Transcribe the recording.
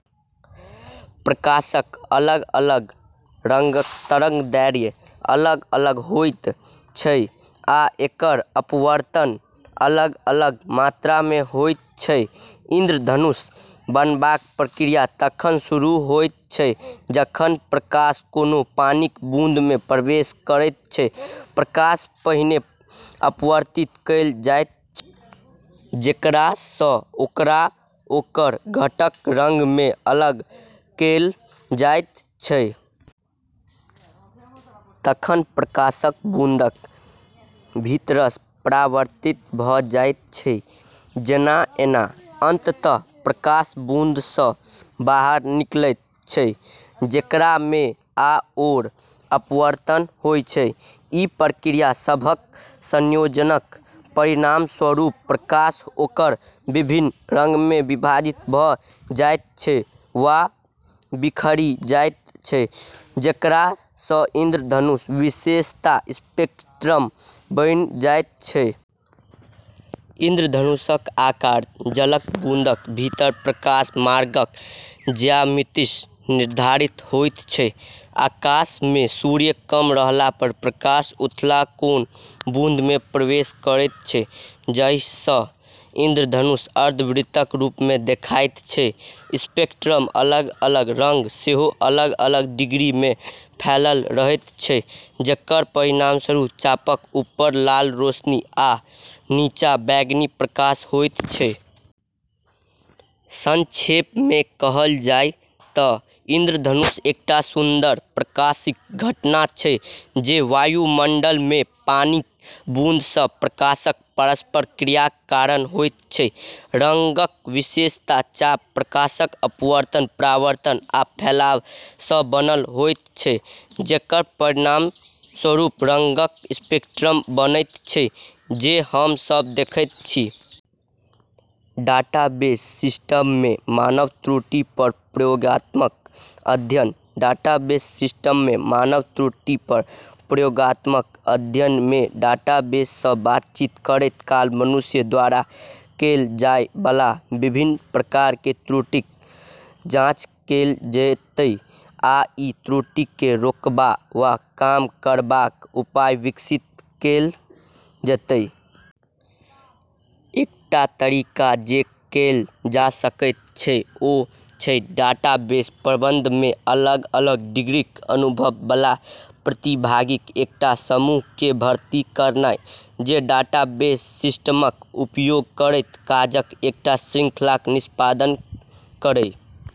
प्रकाशक अलग-अलग रंगक तरंगदैर्ध्य अलग-अलग होइत अछि आ एकर अपवर्तन अलग-अलग मात्रामे होइत अछि। इंद्रधनुष बनबाक प्रक्रिया तखन शुरू होइत अछि जखन प्रकाश कोनो पानिक बूंदमे प्रवेश करैत अछि। प्रकाशकेँ पहिने अपवर्तित कएल जाइत अछि, जेकरा सँ ओकरा ओकर घटक रंगमे अलग कएल जाइत अछि। तखन प्रकाश बूंदक भीतरसँ परावर्तित भ’ जाइत अछि, जेना ऐना। अंततः प्रकाश बूंद सँ बाहर निकलैत अछि, जेकरामे आओर अपवर्तन होइत अछि। ई प्रक्रिया सभक संयोजनक परिणामस्वरूप प्रकाश ओकर विभिन्न रंगमे विभाजित भ’ जाइत अछि, वा बिखरि जाइत अछि, जेकरा सँ इंद्रधनुषक विशेषता स्पेक्ट्रम बनि जाइत अछि। इंद्रधनुषक आकार जलक बूंदक भीतर प्रकाश मार्गक ज्यामितिसँ निर्धारित होइत अछि। आकाशमे सूर्य कम रहला पर प्रकाश उथला कोण पर बूंदमे प्रवेश करैत अछि, जाहि सँ इंद्रधनुष अर्धवृत्तक रूपमे देखाइत अछि। स्पेक्ट्रमक अलग-अलग रंग सेहो अलग-अलग डिग्रीमे फैलल रहैत अछि, जेकर परिणामस्वरूप चापक ऊपर लाल रोशनी आ नीचाँ बैंगनी प्रकाश होइत अछि। संक्षेपमे कहल जाय तँ इंद्रधनुष एकटा सुंदर प्रकाशिक घटना अछि जे वायुमंडलमे पानिक बूंद सँ प्रकाशक परस्पर क्रियाक कारण होइत अछि। रंगक विशेषता चाप प्रकाशक अपवर्तन, परावर्तन आ फैलाव सँ बनल होइत अछि, जेकर परिणामस्वरूप रंगक स्पेक्ट्रम बनैत अछि जे हम सभ देखैत छी। डाटाबेस सिस्टममे मानव त्रुटि पर प्रयोगात्मक अध्ययन। डाटाबेस सिस्टममे मानव त्रुटि पर प्रयोगात्मक अध्ययनमे डाटाबेस सँ बातचीत करैत काल मनुष्य द्वारा कएल जाय बला विभिन्न प्रकारक त्रुटिक जाँच कएल जेतै, आ ई त्रुटिकेँ रोकबा वा कम करबाक उपाय विकसित कएल जेतै। एकटा तरीका जे कएल जा सकैत अछि ओ अछि डाटाबेस प्रबंधनमे अलग-अलग डिग्रीक अनुभव बला प्रतिभागिक एकटा समूहकेँ भर्ती करनाइ जे डाटाबेस सिस्टमक उपयोग करैत काजक एकटा श्रृंखलाक निष्पादन करय।